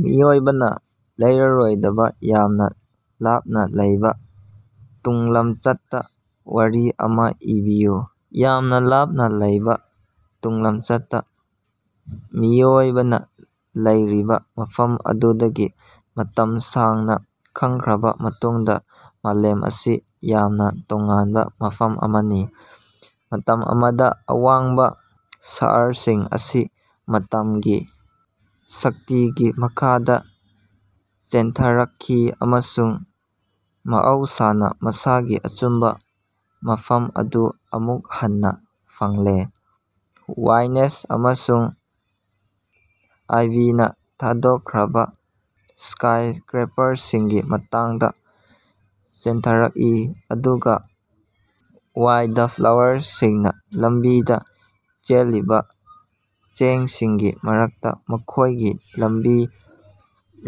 ꯃꯤꯑꯣꯏꯕꯅ ꯂꯩꯔꯔꯣꯏꯗꯕ ꯌꯥꯝꯅ ꯂꯥꯞꯅ ꯂꯩꯕ ꯇꯨꯡꯂꯝꯆꯠꯇ ꯋꯥꯔꯤ ꯑꯃ ꯏꯕꯤꯌꯨ꯫ ꯌꯥꯝꯅ ꯂꯥꯞꯅ ꯂꯩꯕ ꯇꯨꯡꯂꯝꯆꯠꯇ ꯃꯤꯑꯣꯏꯕꯅ ꯂꯩꯔꯤꯕ ꯃꯐꯝ ꯑꯗꯨꯗꯒꯤ ꯃꯇꯝ ꯁꯥꯡꯅ ꯈꯪꯈꯔꯕ ꯃꯇꯨꯡꯗ ꯃꯥꯂꯦꯝ ꯑꯁꯤ ꯌꯥꯝꯅ ꯇꯣꯉꯥꯟꯕ ꯃꯐꯝ ꯑꯃꯅꯤ꯫ ꯃꯇꯝ ꯑꯃꯗ ꯑꯋꯥꯡꯕ ꯁꯍꯔꯁꯤꯡ ꯑꯁꯤ ꯃꯇꯝꯒꯤ ꯁꯛꯇꯤꯒꯤ ꯃꯈꯥꯗ ꯆꯦꯟꯊꯔꯛꯈꯤ ꯑꯃꯁꯨꯡ ꯃꯍꯧꯁꯥꯅ ꯃꯁꯥꯒꯤ ꯑꯆꯨꯝꯕ ꯃꯐꯝ ꯑꯗꯨ ꯑꯃꯨꯛ ꯍꯟꯅ ꯐꯪꯂꯦ꯫ ꯋꯥꯏꯅꯦꯁ ꯑꯃꯁꯨꯡ ꯑꯥꯏꯚꯤꯅꯥ ꯊꯥꯗꯣꯛꯈ꯭ꯔꯕ ꯁ꯭ꯀꯥꯏꯁꯀ꯭ꯔꯦꯄꯔꯁꯤꯡꯒꯤ ꯃꯅꯥꯛꯇ ꯆꯦꯟꯊꯔꯛꯏ ꯑꯗꯨꯒ ꯋꯥꯏꯜꯗꯐ꯭ꯂꯥꯋꯔꯁꯤꯡꯅ ꯂꯝꯕꯤꯗ ꯆꯦꯜꯂꯤꯕ ꯆꯦꯡꯁꯤꯡꯒꯤ ꯃꯔꯛꯇ ꯃꯈꯣꯏꯒꯤ ꯂꯝꯕꯤ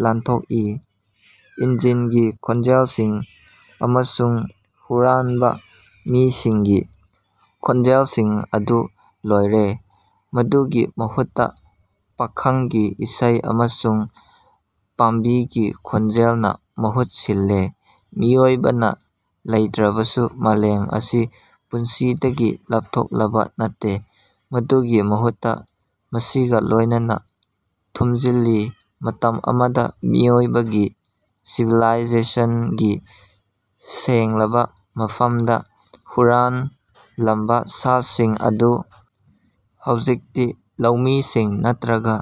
ꯂꯥꯟꯊꯣꯛꯏ꯫ ꯏꯟꯖꯤꯟꯒꯤ ꯈꯣꯟꯖꯦꯜꯁꯤꯡ ꯑꯃꯁꯨꯡ ꯍꯨꯔꯥꯟꯕ ꯃꯤꯁꯤꯡꯒꯤ ꯈꯣꯟꯖꯦꯜꯁꯤꯡ ꯑꯗꯨ ꯂꯣꯏꯔꯦ꯫ ꯃꯗꯨꯒꯤ ꯃꯍꯨꯠꯇ ꯄꯥꯈꯪꯒꯤ ꯏꯁꯩ ꯑꯃꯁꯨꯡ ꯄꯥꯝꯕꯤꯒꯤ ꯈꯣꯟꯖꯦꯜꯅ ꯃꯍꯨꯠ ꯁꯤꯜꯂꯦ꯫ ꯃꯤꯑꯣꯏꯕꯅ ꯂꯩꯇ꯭ꯔꯕꯁꯨ ꯃꯥꯂꯦꯝ ꯑꯁꯤ ꯄꯨꯟꯁꯤꯗꯒꯤ ꯂꯥꯞꯊꯣꯛꯂꯕ ꯅꯠꯇꯦ꯫ ꯃꯗꯨꯒꯤ ꯃꯍꯨꯠꯇ ꯃꯁꯤꯒ ꯂꯣꯏꯅꯅ ꯊꯨꯝꯖꯤꯜꯂꯤ꯫ ꯃꯇꯝ ꯑꯃꯗ ꯃꯤꯑꯣꯏꯕꯒꯤ ꯁꯤꯚꯤꯂꯥꯏꯖꯦꯁꯟꯒꯤ ꯁꯦꯡꯂꯕ ꯃꯐꯝꯗ ꯍꯨꯔꯥꯟꯂꯝꯕ ꯁꯥꯁꯤꯡ ꯑꯗꯨ ꯍꯧꯖꯤꯛꯇꯤ ꯂꯧꯃꯤꯁꯤꯡ ꯅꯠꯇ꯭ꯔꯒ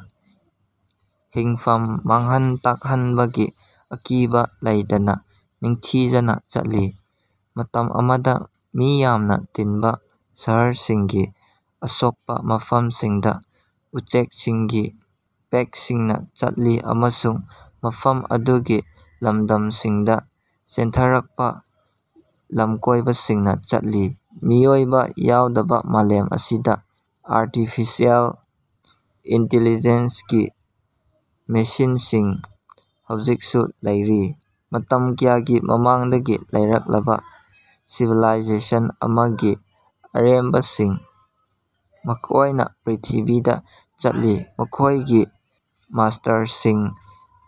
ꯍꯤꯡꯐꯝ ꯃꯥꯡꯍꯟ ꯇꯥꯛꯍꯟꯕꯒꯤ ꯑꯀꯤꯕ ꯂꯩꯇꯅ ꯅꯤꯡꯊꯤꯖꯅ ꯆꯠꯂꯤ꯫ ꯃꯇꯝ ꯑꯃꯗ ꯃꯤ ꯌꯥꯝꯅ ꯇꯤꯟꯕ ꯁꯍꯔꯁꯤꯡꯒꯤ ꯑꯁꯣꯛꯄ ꯃꯐꯝꯁꯤꯡꯗ ꯎꯆꯦꯛꯁꯤꯡꯒꯤ ꯄꯦꯛꯁꯤꯡꯅ ꯆꯠꯂꯤ ꯑꯃꯁꯨꯡ ꯃꯐꯝ ꯑꯗꯨꯒꯤ ꯂꯝꯗꯝꯁꯤꯡꯗ ꯆꯦꯟꯊꯔꯛꯄ ꯂꯝꯀꯣꯏꯕꯁꯤꯡꯅ ꯆꯠꯂꯤ꯫ ꯃꯤꯑꯣꯏꯕ ꯌꯥꯎꯗꯕ ꯃꯥꯂꯦꯝ ꯑꯁꯤꯗ ꯑꯥꯔꯇꯤꯐꯤꯁꯤꯌꯦꯜ ꯏꯟꯇꯦꯂꯤꯖꯦꯟꯁ ꯀꯤ ꯃꯦꯁꯤꯟꯁꯤꯡ ꯍꯧꯖꯤꯛꯁꯨ ꯂꯩꯔꯤ꯫ ꯃꯇꯝ ꯀꯌꯥꯒꯤ ꯃꯃꯥꯡꯗꯒꯤ ꯂꯩꯔꯛꯂꯕ ꯁꯤꯚꯤꯂꯥꯏꯖꯦꯁꯟ ꯑꯃꯒꯤ ꯑꯔꯦꯝꯕꯁꯤꯡ, ꯃꯈꯣꯏꯅ ꯄ꯭ꯔꯤꯊꯤꯕꯤꯗ ꯆꯠꯂꯤ, ꯃꯈꯣꯏꯒꯤ ꯃꯥꯁ꯭ꯇꯔꯁꯤꯡ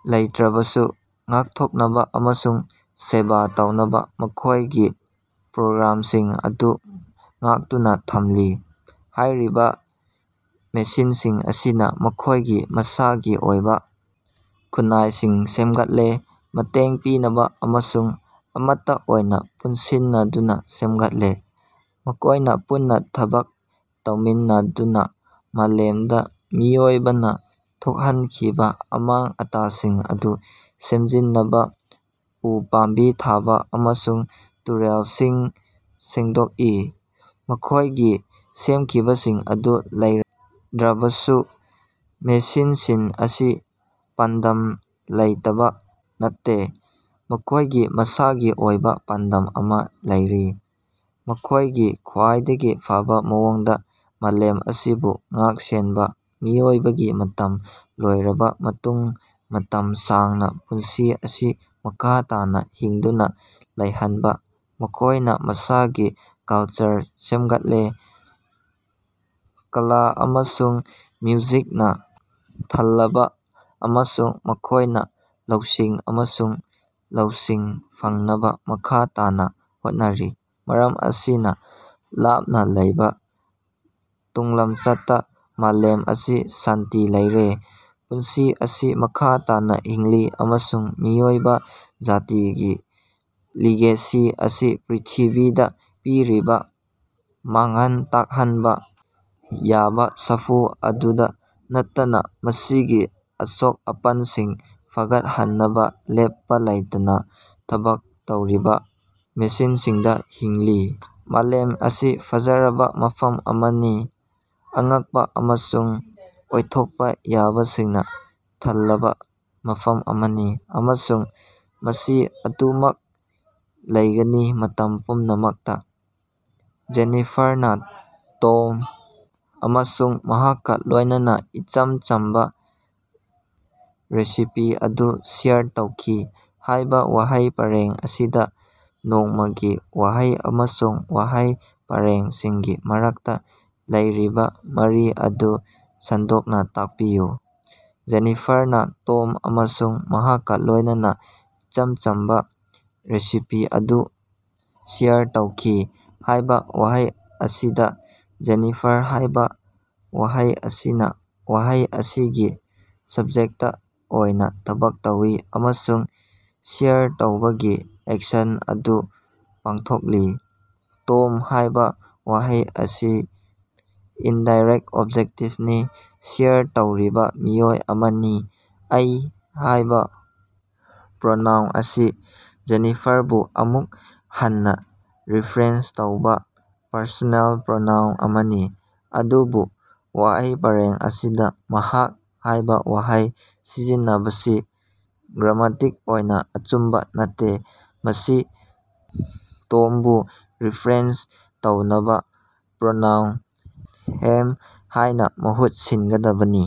ꯂꯩꯇ꯭ꯔꯕꯁꯨ ꯉꯥꯛꯊꯣꯛꯅꯕ ꯑꯃꯁꯨꯡ ꯁꯦꯕꯥ ꯇꯧꯅꯕ ꯃꯈꯣꯏꯒꯤ ꯄ꯭ꯔꯣꯒ꯭ꯔꯥꯝꯁꯤꯡ ꯑꯗꯨ ꯉꯥꯛꯇꯨꯅ ꯊꯝꯂꯤ꯫ ꯍꯥꯏꯔꯤꯕ ꯃꯦꯁꯤꯟꯁꯤꯡ ꯑꯁꯤꯅ ꯃꯈꯣꯏꯒꯤ ꯃꯁꯥꯒꯤ ꯑꯣꯏꯕ ꯈꯨꯟꯅꯥꯏꯁꯤꯡ ꯁꯦꯝꯒꯠꯂꯦ꯫ ꯃꯇꯦꯡ ꯄꯤꯅꯕ ꯑꯃꯁꯨꯡ ꯑꯃꯠꯇ ꯑꯣꯏꯅ ꯄꯨꯟꯁꯤꯟꯅꯗꯨꯅ ꯁꯦꯝꯒꯠꯂꯦ꯫ ꯃꯈꯣꯏꯅ ꯄꯨꯟꯅ ꯊꯕꯛ ꯇꯧꯃꯤꯟꯅꯗꯨꯅ ꯃꯥꯂꯦꯝꯗ ꯃꯤꯑꯣꯏꯕꯅ ꯊꯣꯛꯍꯟꯈꯤꯕ ꯑꯃꯥꯡ-ꯑꯇꯥꯁꯤꯡ ꯑꯗꯨ ꯁꯦꯝꯖꯤꯟꯅꯕ, ꯎ ꯄꯥꯝꯕꯤ ꯊꯥꯕ ꯑꯃꯁꯨꯡ ꯇꯨꯔꯦꯜꯁꯤꯡ ꯁꯦꯡꯗꯣꯛꯏ꯫ ꯃꯈꯣꯏꯒꯤ ꯁꯦꯝꯈꯤꯕꯁꯤꯡ ꯑꯗꯨ ꯂꯩꯔꯝꯗ꯭ꯔꯕꯁꯨ ꯃꯦꯁꯤꯟꯁꯤꯡ ꯑꯁꯤ ꯄꯥꯟꯗꯝ ꯂꯩꯇꯕ ꯅꯠꯇꯦ꯫ ꯃꯈꯣꯏꯒꯤ ꯃꯁꯥꯒꯤ ꯑꯣꯏꯕ ꯄꯥꯟꯗꯝ ꯑꯃ ꯂꯩꯔꯤ: ꯃꯈꯣꯏꯒꯤ ꯈ꯭ꯋꯥꯏꯗꯒꯤ ꯐꯕ ꯃꯑꯣꯡꯗ ꯃꯥꯂꯦꯝ ꯑꯁꯤꯕꯨ ꯉꯥꯛ-ꯁꯦꯟꯕ, ꯃꯤꯑꯣꯏꯕꯒꯤ ꯃꯇꯝ ꯂꯣꯏꯔꯕ ꯃꯇꯨꯡ ꯃꯇꯝ ꯁꯥꯡꯅ ꯄꯨꯟꯁꯤ ꯑꯁꯤ ꯃꯈꯥ ꯇꯥꯅ ꯍꯤꯡꯗꯨꯅ ꯂꯩꯍꯟꯕ, ꯃꯈꯣꯏꯅ ꯃꯁꯥꯒꯤ ꯀꯜꯆꯔ ꯁꯦꯝꯒꯠꯂꯦ, ꯀꯂꯥ ꯑꯃꯁꯨꯡ ꯃ꯭ꯌꯨꯖꯤꯛꯅ ꯊꯜꯂꯕ ꯑꯃꯁꯨꯡ ꯃꯈꯣꯏꯅ ꯂꯧꯁꯤꯡ ꯑꯃꯁꯨꯡ ꯂꯧꯁꯤꯡ ꯐꯪꯅꯕ ꯃꯈꯥ ꯇꯥꯅ ꯍꯣꯠꯅꯔꯤ꯫ ꯃꯔꯝ ꯑꯁꯤꯅ ꯂꯥꯞꯅ ꯂꯩꯕ ꯇꯨꯡꯂꯝꯆꯠꯇ ꯃꯥꯂꯦꯝ ꯑꯁꯤ ꯁꯥꯟꯇꯤ ꯂꯩꯔꯦ꯫ ꯄꯨꯟꯁꯤ ꯑꯁꯤ ꯃꯈꯥ ꯇꯥꯅ ꯍꯤꯡꯂꯤ ꯑꯃꯁꯨꯡ ꯃꯤꯑꯣꯏꯕ ꯖꯥꯇꯤꯒꯤ ꯂꯤꯒꯦꯁꯤ ꯑꯁꯤ ꯄ꯭ꯔꯤꯊꯤꯕꯤꯗ ꯄꯤꯔꯤꯕ ꯃꯥꯡꯍꯟ ꯇꯥꯛꯍꯟꯕ ꯌꯥꯕ ꯁꯥꯐꯨ ꯑꯗꯨꯗ ꯅꯠꯇꯅ ꯃꯁꯤꯒꯤ ꯑꯁꯣꯛ-ꯑꯄꯟꯁꯤꯡ ꯐꯒꯠꯍꯟꯅꯕ ꯂꯦꯞꯄ ꯂꯩꯇꯅ ꯊꯕꯛ ꯇꯧꯔꯤꯕ ꯃꯦꯁꯤꯟꯁꯤꯡꯗ ꯍꯤꯡꯂꯤ꯫ ꯃꯥꯂꯦꯝ ꯑꯁꯤ ꯐꯖꯔꯕ ꯃꯐꯝ ꯑꯃꯅꯤ꯫ ꯑꯉꯛꯄ ꯑꯃꯁꯨꯡ ꯑꯣꯏꯊꯣꯛꯄ ꯌꯥꯕꯁꯤꯡꯅ ꯊꯜꯂꯕ ꯃꯐꯝ ꯑꯃꯅꯤ ꯑꯃꯁꯨꯡ ꯃꯁꯤ ꯑꯗꯨꯃꯛ ꯂꯩꯒꯅꯤ ꯃꯇꯝ ꯄꯨꯝꯅꯃꯛꯇ꯫ "ꯖꯦꯅꯤꯐꯥꯔꯅ ꯇꯣꯝ ꯑꯃꯁꯨꯡ ꯃꯍꯥꯛꯀ ꯂꯣꯏꯅꯅ ꯏꯆꯝ ꯆꯝꯕ ꯔꯦꯁꯤꯄꯤ ꯑꯗꯨ ꯁꯦꯌꯔ ꯇꯧꯈꯤ" ꯍꯥꯏꯕ ꯋꯥꯍꯩ ꯄꯔꯦꯡ ꯑꯁꯤꯗ ꯅꯣꯡꯃꯒꯤ ꯋꯥꯍꯩ ꯑꯃꯁꯨꯡ ꯋꯥꯍꯩ ꯄꯔꯦꯡꯁꯤꯡꯒꯤ ꯃꯔꯛꯇ ꯂꯩꯔꯤꯕ ꯃꯔꯤ ꯑꯗꯨ ꯁꯟꯗꯣꯛꯅ ꯇꯥꯛꯄꯤꯌꯨ꯫ "ꯖꯦꯅꯤꯐꯥꯔꯅ ꯇꯣꯝ ꯑꯃꯁꯨꯡ ꯃꯍꯥꯛꯀ ꯂꯣꯏꯅꯅ ꯏꯆꯝ ꯆꯝꯕ ꯔꯦꯁꯤꯄꯤ ꯑꯗꯨ ꯁꯦꯌꯔ ꯇꯧꯈꯤ" ꯍꯥꯏꯕ ꯋꯥꯍꯩ ꯑꯁꯤꯗ 'ꯖꯦꯅꯤꯐꯥꯔ' ꯍꯥꯏꯕ ꯋꯥꯍꯩ ꯑꯁꯤꯅ ꯋꯥꯍꯩ ꯑꯁꯤꯒꯤ ꯁꯕꯖꯦꯛꯇ ꯑꯣꯏꯅ ꯊꯕꯛ ꯇꯧꯏ ꯑꯃꯁꯨꯡ ꯁꯦꯌꯔ ꯇꯧꯕꯒꯤ ꯑꯦꯛꯁꯟ ꯑꯗꯨ ꯄꯥꯡꯊꯣꯛꯂꯤ꯫ 'ꯇꯣꯝ' ꯍꯥꯏꯕ ꯋꯥꯍꯩ ꯑꯁꯤ ꯏꯟꯗꯥꯏꯔꯦꯛꯇ ꯑꯣꯕꯖꯦꯛꯇꯅꯤ, ꯁꯦꯌꯔ ꯇꯧꯔꯤꯕ ꯃꯤꯑꯣꯏ ꯑꯃꯅꯤ꯫ 'ꯑꯩ' ꯍꯥꯏꯕ ꯄ꯭ꯔꯣꯅꯥꯎꯟ ꯑꯁꯤ ꯖꯦꯅꯤꯐꯥꯔꯕꯨ ꯑꯃꯨꯛ ꯍꯟꯅ ꯔꯤꯐꯔꯦꯟꯁ ꯇꯧꯕ ꯄꯔꯁꯣꯅꯦꯜ ꯄ꯭ꯔꯣꯅꯥꯎꯟ ꯑꯃꯅꯤ꯫ ꯑꯗꯨꯕꯨ ꯋꯥꯍꯩ ꯄꯔꯦꯡ ꯑꯁꯤꯗ 'ꯃꯍꯥꯛ' ꯍꯥꯏꯕ ꯋꯥꯍꯩ ꯁꯤꯖꯤꯟꯅꯕꯁꯤ ꯒ꯭ꯔꯥꯃꯇꯤꯛ ꯑꯣꯏꯅ ꯑꯆꯨꯝꯕ ꯅꯠꯇꯦ꯫ ꯃꯁꯤ ꯇꯣꯝꯕꯨ ꯔꯤꯐꯔꯦꯟꯁ ꯇꯧꯅꯕ ꯄ꯭ꯔꯣꯅꯥꯎꯟ 'ꯍꯤꯝ' ꯍꯥꯏꯅ ꯃꯍꯨꯠ ꯁꯤꯟꯒꯗꯕꯅꯤ꯫